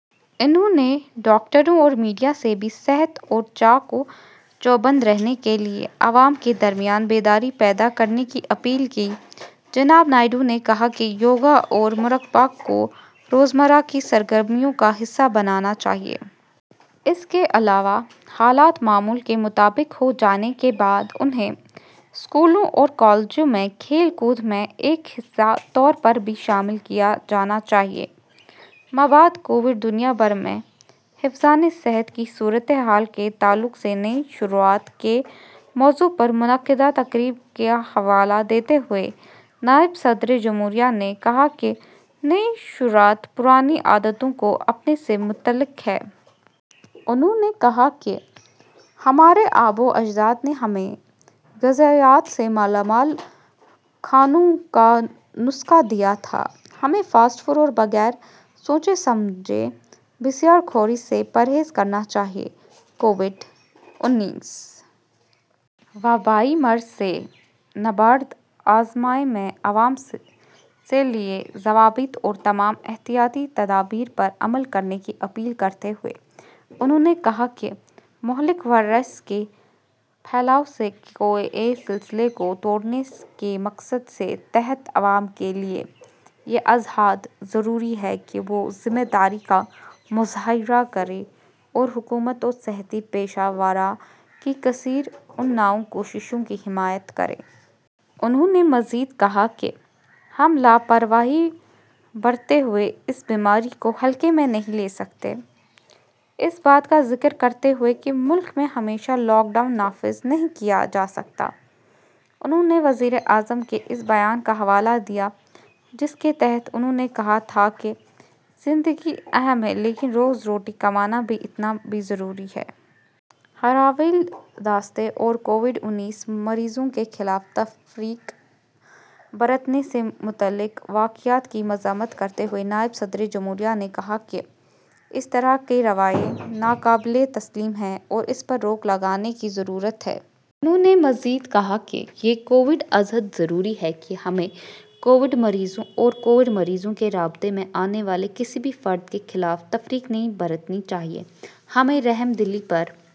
انہوں نے ڈاکٹروں اور میڈیا سے بھی صحت اور چاق و چوبند رہنے کے لئے عوام کے درمیان بیداری پیدا کرنے کی اپیل کی۔ جناب نائیڈو نے کہا کہ یوگا اور مراقبہ کو روزمرہ کی سرگرمیوں کا حصہ بنانا چاہئے۔ اس کے علاوہ حالات معمول کے مطابق ہو جانے کے بعد انہیں اسکولوں اور کالجوں میں کھیل کود میں ایک حصے طور پر بھی شامل کیا جانا چاہئے۔ مابعد کووِڈ دنیا بھر میں حفظانِ صحت کی صورتحال کے تعلق سے نئی شروعات کے موضوع پر منعقدہ تقریب کا حوالہ دیتے ہوئے نائب صدر جمہوریہ نے کہا کہ نئی شروعات پرانی عادتوں کو اپنانے سے متعلق ہے۔ انہوں نے کہا کہ، ''ہمارے آباو اجداد نے ہمیں غذائیت سے مالامال کھانوں کا نسخہ دیا تھا۔ ہمیں فاسٹ فوڈ اور بغیر سوچے سمجھے بسیار خوری سے پرہیز کرنا چاہئے۔ '' کووِڈ انیس وبائی مرض سے نبردآزمائی میں عوام سے نئے ضوابط اور تمام احتیاطی تدابیر پر عمل کرنے کی اپیل کرتے ہوئے انہوں نے کہا کہ مہلک وائرس کے پھیلاؤ کے سلسلے کو توڑنے کے مقصد کے تحت عوام کے لئے یہ ازحد ضروری ہے کہ وہ ذمہ داری کا مظاہرہ کریں اور حکومت و صحتی پیشہ واران کی کثیر النوع کوششوں کی حمایت کریں۔ انہوں نے مزید کہا کہ، ''ہم لاپرواہی برتنے ہوئے اس بیماری کو ہلکے میں نہیں لے سکتے۔ '' اس بات کا ذکر کرتے ہوئے کہ ملک میں ہمیشہ لاک ڈاؤن نافذ نہیں کیا جا سکتا، انہوں نے وزیر اعظم کے اس بیان کا حوالہ دیا جس کے تحت انہوں نے کہا تھا کہ زندگی اہم ہے لیکن روز روٹی کمانا بھی اتنا ہی ضروری ہے۔ ہراول دستے اور کووِڈ انیس مریضوں کے خلاف تفریق برتنے سے متعلق واقعات کی مذمت کرتے ہوئے نائب صدر جمہوریہ نے کہا کہ اس طرح کا رویہ ناقابل تسلیم ہے اور اس پر روک لگانے کی ضرورت ہے۔ انہوں نے مزید کہا کہ، ''یہ ازحد ضروری ہے کہ ہمیں کووِڈ مریضوں اور کووِڈ مریضوں کے رابطے میں آنے والے کسی بھی فرد کے خلاف تفریق نہیں برتنی چاہئے۔ ہمیں رحم دلی پر